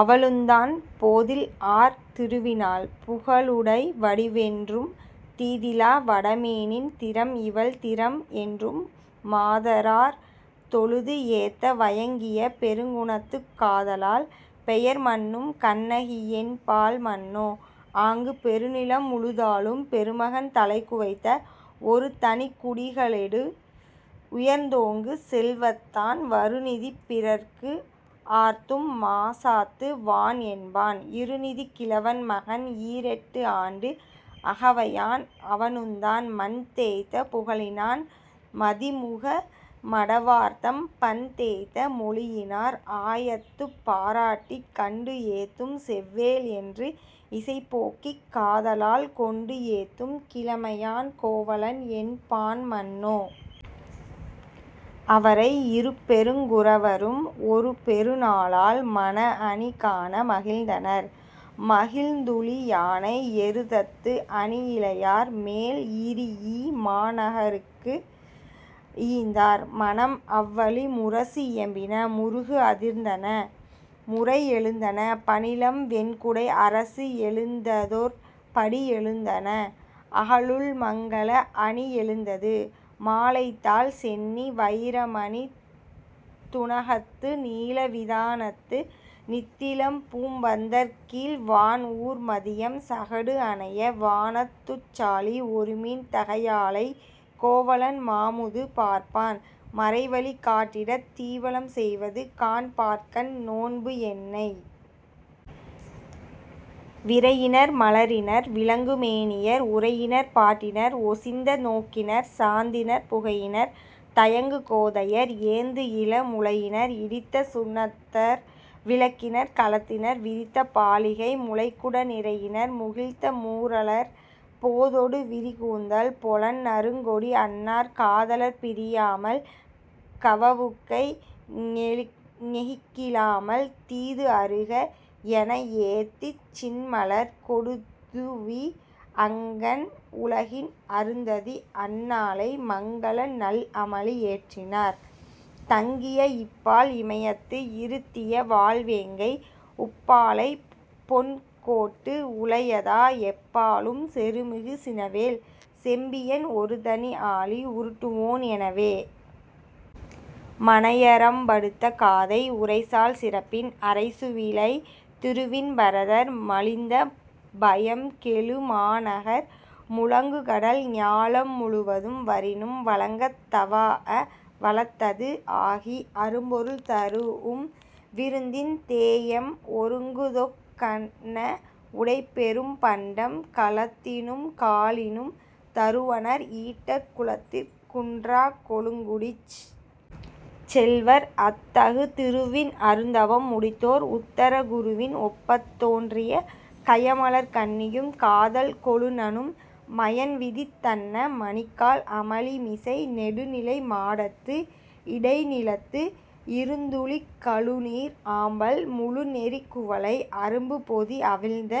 அவளுந்தான், போதில்ஆர் திருவினாள் புகழுடை வடிவென்றும் தீதிலா வடமீனின் திறம்இவள் திறம்என்றும் மாதரார் தொழுதுஏத்த வயங்கிய பெருங்குணத்துக் காதலாள் பெயர்மன்னும் கண்ணகிஎன் பாள்மன்னோ, ஆங்கு, பெருநிலம் முழுதாளும் பெருமகன் தலைவைத்த ஒருதனிக் குடிகளொடு உயர்ந்தோங்கு செல்வத்தான் வருநிதி பிறர்க்குஆர்த்தும் மாசாத்து வான்என்பான் இருநிதிக் கிழவன்மகன் ஈரெட்டுஆண்டு அகவையான், அவனுந்தான், மண்தேய்த்த புகழினான் மதிமுக மடவார்தம் பண்தேய்த்த மொழியினார் ஆயத்துப் பாராட்டிக் கண்டுஏத்தும் செவ்வேள்என்று இசைபோக்கிக் காதலால் கொண்டுஏத்தும் கிழமையான் கோவலன்என் பான்மன்னோ. அவரை, இருபெருங் குரவரும் ஒருபெரு நாளால் மணஅணி காண மகிழ்ந்தனர், மகிழ்ந்துழி யானை எருத்தத்து அணிஇழையார் மேல்இரீஇ மாநகர்க்கு ஈந்தார் மணம். அவ்வழி, முரசுஇயம்பின, முருகுஅதிர்ந்தன, முறைஎழுந்தன பணிலம், வெண்குடை அரசுஎழுந்ததொர் படிஎழுந்தன, அகலுள்மங்கல அணிஎழுந்தது. மாலைதாழ் சென்னி வயிரமணித் து஡ணகத்து நீல விதானத்து நித்திலப்பூம் பந்தர்க்கீழ் வான்ஊர் மதியம் சகடுஅணைய வானத்துச் சாலி ஒருமீன் தகையாளைக் கோவலன் மாமுது பார்ப்பான் மறைவழி காட்டிடத் தீவலம் செய்வது காண்பார்க்கண் நோன்புஎன்னை. விரையினர் மலரினர் விளங்கு மேனியர் உரையினர் பாட்டினர் ஒசிந்த நோக்கினர் சாந்தினர் புகையினர் தயங்கு கோதையர் ஏந்துஇள முலையினர் இடித்த சுண்ணத்தர் விளக்கினர் கலத்தினர் விரித்த பாலிகை முளைக்குட நிரையினர் முகிழ்த்த மூரலர் போதொடு விரிகூந்தல் பொலன்நறுங் கொடிஅன்னார் காதலற் பிரியாமல் கவவுக்கை ஞெகிழாமல் தீதுஅறுக எனஏத்திச் சின்மலர் கொடுது஡வி அங்கண் உலகின் அருந்ததி அன்னாளை மங்கல நல்அமளி ஏற்றினார், தங்கிய இப்பால் இமயத்து இருத்திய வாள்வேங்கை உப்பாலைப் பொன்கோட்டு உழையதா எப்பாலும் செருமிகு சினவேல் செம்பியன் ஒருதனி ஆழி உருட்டுவோன் எனவே.. மனையறம்படுத்த காதை உரைசால் சிறப்பின் அரைசுவிழை திருவின் பரதர் மலிந்த பயம்கெழு மாநகர் முழங்குகடல் ஞாலம் முழுவதும் வரினும் வழங்கத் தவாஅ வளத்தது ஆகி அரும்பொருள் தருஉம் விருந்தின் தேஎம் ஒருங்குதொக் கன்ன உடைப்பெரும் பண்டம் கலத்தினும் காலினும் தருவனர் ஈட்டக் குலத்திற் குன்றாக் கொழுங்குடிச் செல்வர் அத்தகு திருவின் அருந்தவம் முடித்தோர் உத்தர குருவின் ஒப்பத் தோன்றிய கயமலர்க் கண்ணியும் காதல் கொழுநனும் மயன்விதித் தன்ன மணிக்கால் அமளிமிசை நெடுநிலை மாடத்து இடைநிலத்து இருந்துழிக் கழுநீர் ஆம்பல் முழுநெறிக் குவளை அரும்புபொதி அவிழ்ந்த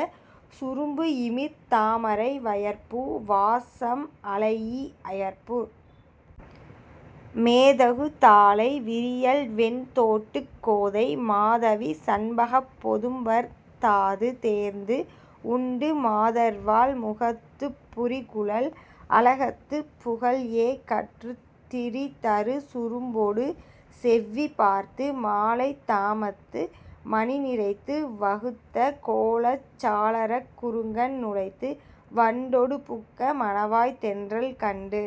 சுரும்புஇமிர் தாமரை வயற்பூ வாசம் அளைஇ அயற்பூ மேதகு தாழை விரியல்வெண் தோட்டுக் கோதை மாதவி சண்பகப் பொதும்பர்த் தாதுதேர்ந்து உண்டு மாதர்வாள் முகத்துப் புரிகுழல் அளகத்துப் புகல்ஏக் கற்றுத் திரிதரு சுரும்பொடு செவ்வி பார்த்து மாலைத் தாமத்து மணிநிரைத்து வகுத்த கோலச் சாளரக் குறுங்கண் நுழைந்து வண்டொடு புக்க மணவாய்த் தென்றல் கண்டு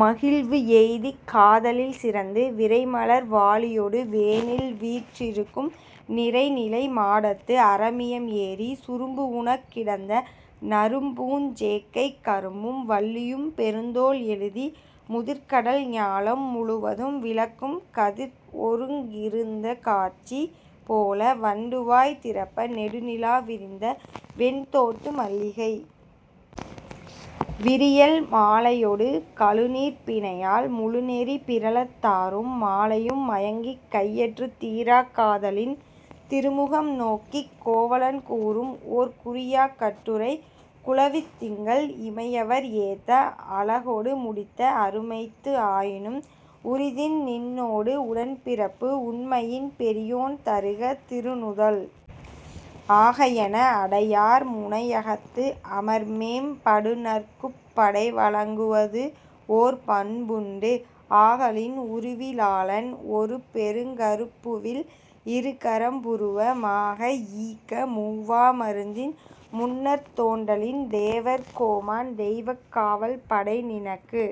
மகிழ்வுஎய்திக் காதலில் சிறந்து, விரைமலர் வாளியொடு வேனில்வீற் றிருக்கும் நிரைநிலை மாடத்து அரமியம் ஏறி, சுரும்புஉணக் கிடந்த நறும்பூஞ் சேக்கைக் கரும்பும் வல்லியும் பெருந்தோள் எழுதி முதிர்க்கடல் ஞாலம் முழுவதும் விளக்கும் கதிர்ஒருங் கிருந்த காட்சி போல, வண்டுவாய் திறப்ப நெடுநிலா விரிந்த வெண்தோட்டு மல்லிகை விரியல் மாலையொடு கழுநீர்ப் பிணையல் முழுநெறி பிறழத் தாரும் மாலையும் மயங்கிக் கையற்றுத் தீராக் காதலின் திருமுகம் நோக்கிக் கோவலன் கூறும்ஓர் குறியாக் கட்டுரை குழவித் திங்கள் இமையவர் ஏத்த அழகொடு முடித்த அருமைத்து ஆயினும் உரிதின் நின்னோடு உடன்பிறப்பு உண்மையின் பெரியோன் தருக திருநுதல் ஆகஎன, அடையார் முனையகத்து அமர்மேம் படுநர்க்குப் படைவழங் குவதுஓர் பண்புண்டு ஆகலின் உருவி லாளன் ஒருபெருங் கருப்புவில் இருகரும் புருவ மாக ஈக்க, மூவா மருந்தின் முன்னர்த் தோன்றலின் தேவர் கோமான் தெய்வக் காவல் படைநினக்கு